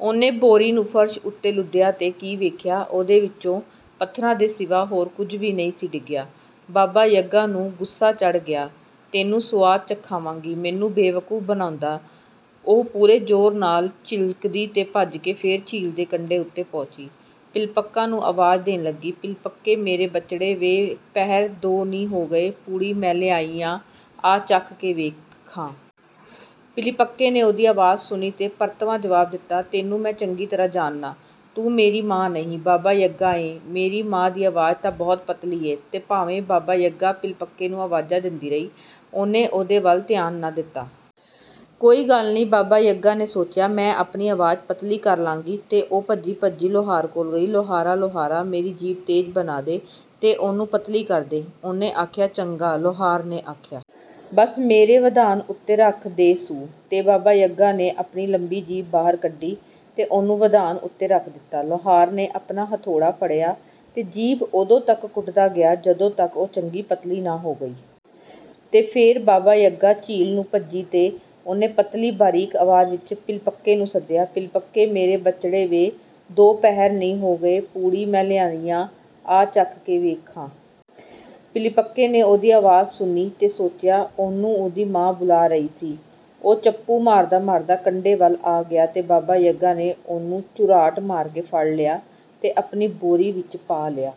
ਉਹਨੇ ਬੋਰੀ ਨੂੰ ਫ਼ਰਸ਼ ਉੱਤੇ ਲੁਦਿਆ ਤੇ ਕੀ ਵੇਖਿਆ! ਉਹਦੇ ਵਿਚੋਂ ਪੱਥਰਾਂ ਦੇ ਸਿਵਾ ਹੋਰ ਕੁਝ ਨਹੀਂ ਸੀ ਡਿਗਿਆ। ਬਾਬਾ-ਯਗਾ ਨੂੰ ਗੁੱਸਾ ਚੜ੍ਹ ਗਿਆ। "ਤੈਨੂੰ ਸੁਆਦ ਚਖਾਵਾਂਗੀ, ਮੈਨੂੰ ਬੇਵਕੂਫ਼ ਬਣਾਉਣ ਦਾ!" ਉਹ ਪੂਰੇ ਜ਼ੋਰ ਨਾਲ ਚਿਲਕੀ ਤੇ ਭੱਜ ਕੇ ਫੇਰ ਝੀਲ ਦੇ ਕੰਢੇ ਉੱਤੇ ਪਹੁੰਚੀ, ਪਿਲੀਪਕਾ ਨੂੰ ਆਵਾਜ਼ ਦੇਣ ਲੱਗੀ, "ਪਿਲੀਪਕੇ, ਮੇਰੇ ਬਚੜੇ, ਵੇ, ਪਹਿਰ ਦੋ ਨੀ ਹੋ ਗਏ, ਪੂੜੀ ਮੈਂ ਲਿਆਈ ਆਂ, ਆ ਚੱਖ ਕੇ ਵੇਖ ਖਾਂ। ਪਿਲੀਪਕੇ ਨੇ ਉਹਦੀ ਆਵਾਜ਼ ਸੁਣੀ ਤੇ ਪਰਤਵਾਂ ਜਵਾਬ ਦਿੱਤਾ, "ਤੈਨੂੰ ਮੈਂ ਚੰਗੀ ਤਰ੍ਹਾਂ ਜਾਣਨਾਂ। ਤੂੰ ਮੇਰੀ ਮਾਂ ਨਹੀਂ, ਬਾਬਾ-ਯਗਾ ਏਂ। ਮੇਰੀ ਮਾਂ ਦੀ ਆਵਾਜ਼ ਤਾਂ ਬਹੁਤ ਪਤਲੀ ਏ।" ਤੇ ਭਾਵੇਂ ਬਾਬਾ-ਯਗਾ ਪਿਲੀਪਕੇ ਨੂੰ ਆਵਾਜ਼ਾਂ ਦਿੰਦੀ ਰਹੀ, ਉਹਨੇ ਉਹਦੇ ਵੱਲ ਧਿਆਨ ਨਾ ਦਿੱਤਾ। "ਕੋਈ ਗੱਲ ਨਹੀਂ," ਬਾਬਾ-ਯਗਾ ਨੇ ਸੋਚਿਆ, "ਮੈਂ ਆਪਣੀ ਆਵਾਜ਼ ਪਤਲੀ ਕਰ ਲਾਂਗੀ।" ਤੇ ਉਹ ਭੱਜੀ-ਭੱਜੀ ਲੁਹਾਰ ਕੋਲ ਗਈ। "ਲੁਹਾਰਾ, ਲੁਹਾਰਾ, ਮੇਰੀ ਜੀਭ ਤੇਜ਼ ਬਣਾ ਦੇ ਤੇ ਉਹਨੂੰ ਪਤਲੀ ਕਰ ਦੇ," ਉਹਨੇ ਆਖਿਆ। "ਚੰਗਾ," ਲੁਹਾਰ ਨੇ ਆਖਿਆ। "ਬਸ ਮੇਰੇ ਵਧਾਣ ਉੱਤੇ ਰੱਖ ਦੇ ਸੁ।" ਤੇ ਬਾਬਾ-ਯਗਾ ਨੇ ਆਪਣੀ ਲੰਮੀ ਜੀਭ ਬਾਹਰ ਕੱਢੀ ਤੇ ਉਹਨੂੰ ਵਧਾਣ ਉੱਤੇ ਰੱਖ ਦਿੱਤਾ। ਲੁਹਾਰ ਨੇ ਆਪਣਾ ਹਥੌੜਾ ਫੜਿਆ ਤੇ ਜੀਭ ਓਦੋਂ ਤਕ ਕੁੱਟਦਾ ਗਿਆ, ਜਦੋਂ ਤਕ ਉਹ ਚੰਗੀ ਪਤਲੀ ਨਾ ਹੋ ਗਈ। ਤੇ ਫੇਰ ਬਾਬਾ-ਯਗਾ ਝੀਲ ਨੂੰ ਭੱਜੀ ਤੇ ਉਹਨੇ ਪਤਲੀ, ਬਰੀਕ ਆਵਾਜ਼ ਵਿੱਚ ਪਿਲੀਪਕੇ ਨੂੰ ਸੱਦਿਆ, "ਪਿਲੀਪਕੇ, ਮੇਰੇ ਬਚੜੇ, ਵੇ, ਦੋ ਪਹਿਰ ਨੀ ਹੋ ਗਏ, ਪੂੜੀ ਮੈਂ ਲਿਆਈ ਆਂ, ਆ ਚੱਖ ਕੇ ਵੇਖ ਖਾਂ!" ਪਿਲੀਪਕੇ ਨੇ ਉਹਦੀ ਆਵਾਜ਼ ਸੁਣੀ ਤੇ ਸੋਚਿਆ, ਉਹਨੂੰ ਉਹਦੀ ਮਾਂ ਬੁਲਾ ਰਹੀ ਸੀ। ਉਹ ਚੱਪੂ ਮਾਰਦਾ-ਮਾਰਦਾ ਕੰਢੇ ਵੱਲ ਆ ਗਿਆ ਤੇ ਬਾਬਾ-ਯਗਾ ਨੇ ਉਹਨੂੰ ਝੁਰਾਟ ਮਾਰ ਕੇ ਫੜ ਲਿਆ ਤੇ ਆਪਣੀ ਬੋਰੀ ਵਿੱਚ ਪਾ ਲਿਆ।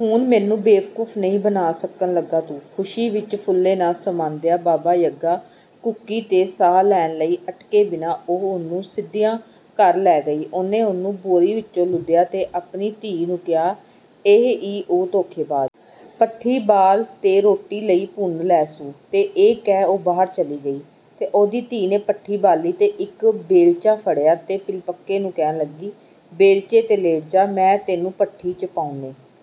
"ਹੁਣ ਮੈਨੂੰ ਬੇਵਕੂਫ਼ ਨਹੀਂ ਬਣਾ ਸਕਣ ਲੱਗਾ ਤੂੰ!" ਖੁਸ਼ੀ ਵਿੱਚ ਫੁੱਲੇ ਨਾ ਸਮਾਂਦਿਆਂ, ਬਾਬਾ-ਯਗਾ ਕੂਕੀ ਤੇ ਸਾਹ ਲੈਣ ਲਈ ਅਟਕੇ ਬਿਨਾਂ ਉਹ ਉਹਨੂੰ ਸਿੱਧਿਆਂ ਘਰ ਲੈ ਗਈ। ਉਹਨੇ ਉਹਨੂੰ ਬੋਰੀ ਵਿਚੋਂ ਲੁਦਿਆ ਤੇ ਆਪਣੀ ਧੀ ਨੂੰ ਕਿਹਾ, "ਇਹ ਈ ਉਹ ਧੋਖੇਬਾਜ਼! ਭੱਠੀ ਬਾਲ ਤੇ ਰੋਟੀ ਲਈ ਭੁੰਨ ਲੈ ਸੁ।" ਤੇ ਇਹ ਕਹਿ ਉਹ ਬਾਹਰ ਚਲੀ ਗਈ। ਤੇ ਉਹਦੀ ਧੀ ਨੇ ਭੱਠੀ ਬਾਲੀ ਤੇ ਇਕ ਬੇਲਚਾ ਫੜਿਆ, ਤੇ ਪਿਲੀਪਕੇ ਨੂੰ ਕਹਿਣ ਲੱਗੀ, "ਬੇਲਚੇ 'ਤੇ ਲੇਟ ਜਾ, ਮੈਂ ਤੈਨੂੰ ਭੱਠੀ 'ਚ ਪਾਉਣੈ।"